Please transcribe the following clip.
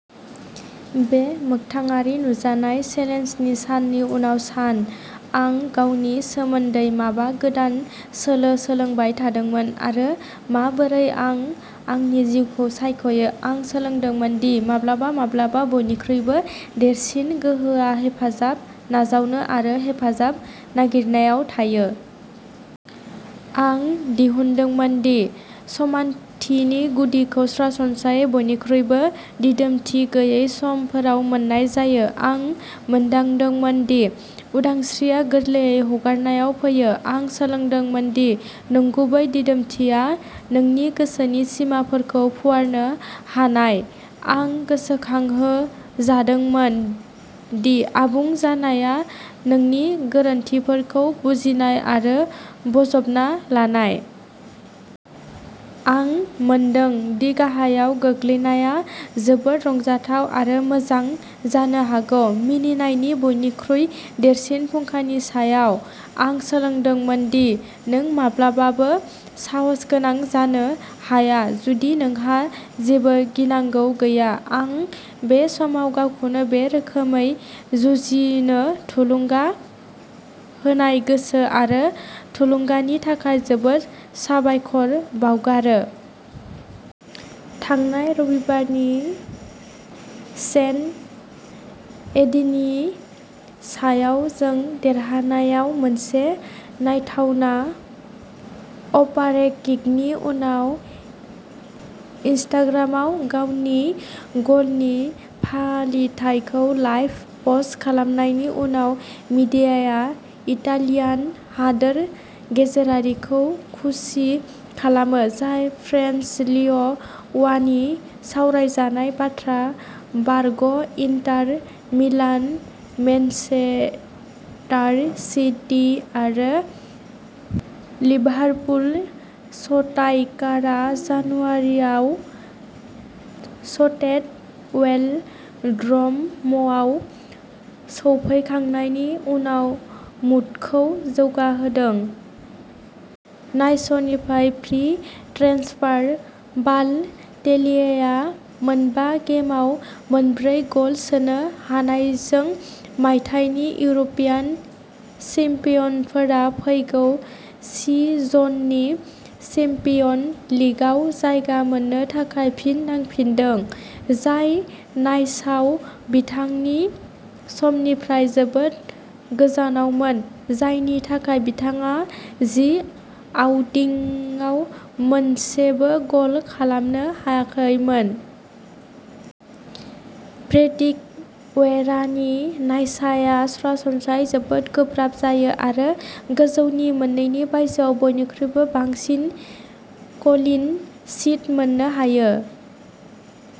बे मोखथाङारि नुजानाय चेलेन्जनि साननि उनाव सान, आं गावनि सोमोन्दै माबा गोदान सोलो सोलोंबाय थादोंमोन आरो माबोरै आं आंनि जिउखौ सायख'यो। आं सोलोंदोंमोन दि माब्लाबा-माब्लाबा बयनिख्रुइबो देरसिन गोहोआ हेफाजाब नाजावनो आरो हेफाजाब नागिरनायाव थायो। आं दिहुनदोंमोन दि समानथिनि गुदिखौ सरासनस्रायै बयनिख्रुइबो दिदोमथि गैयै समफोराव मोन्नाय जायो। आं मोनदांदोंमोन दि उदांस्रिआ गोरलैयै हगारनायाव फैयो। आं सोलोंदोंमोन दि नंगुबै दिदोमथिया नोंनि गोसोनि सिमाफोरखौ फुवारनो हानाय। आं गोसोखांहोजादोंमोन दि आबुं जानाया नोंनि गोरोनथिफोरखौ बुजिनाय आरो बोजबना लानाय। आं मोनदों दि गाहायाव गोग्लैनाया जोबोद रंजाथाव आरो मोजां जानो हागौ। मिनिनायनि बयनिख्रुइ देरसिन फुंखानि सायाव। आं सोलोंदोंमोन दि नों माब्लाबाबो साहसगोनां जानो हाया, जुदि नोंहा जेबो गिनांगौ गैया। आं बे समाव गावखौ बे रोखोमै जुजिनो थुलुंगा होनाय गोसो आरो थुलुंगानि थाखाय जोबोद साबायखर बावगारो। थांनाय रबिबारनि सेन्ट एटिनेनि सायाव जों देरहानायाव मोनसे नायथावना अभारहेड किकनि उनाव इनस्टाग्रामआव गावनि गलनि फालिथाइखौ लाइभ पस्ट खालामनायनि उनाव मीडियाया इटालियान हादोर गेजेरारिखौ खुसि खालामो, जाय फ्रेन्स लिग वाननि सावरायजानाय बाथ्रा। बारग'इन्टार मिलान, मेनचेस्टार सिटी आरो लिभारपुल स्ट्राइकारआ जानुवारिआव स्टेड वेल'ड्र'मआव सौफैखांनायनि उनाव मुडखौ जौगाहोदों। नाइसनिफ्राय फ्रि ट्रेन्सफार। बाल'टेलिआ मोनबा गेमआव मोनब्रै गल सोनो हानायजों मायथाइनि इउर'पियान चेम्पियनफोरा फैगौ सिजननि चेम्पियन्स लिगआव जायगा मोननो थाखाय फिन नांफिनदों; जाय नाइसआव बिथांनि समनिफ्राय जोबोद गोजानावमोन, जायनि थाखाय बिथाङा जि आउटिंगआव मोनसेबो गल खालामनो हायाखैमोन। पैट्रिक वियेरानि नाइसआ सरासनस्रायै जोबोद गोब्राब जायो आरो गोजौनि मोननैनि बायजोआव बयनिख्रुइ बांसिन क्लीन शीट मोननो हायो।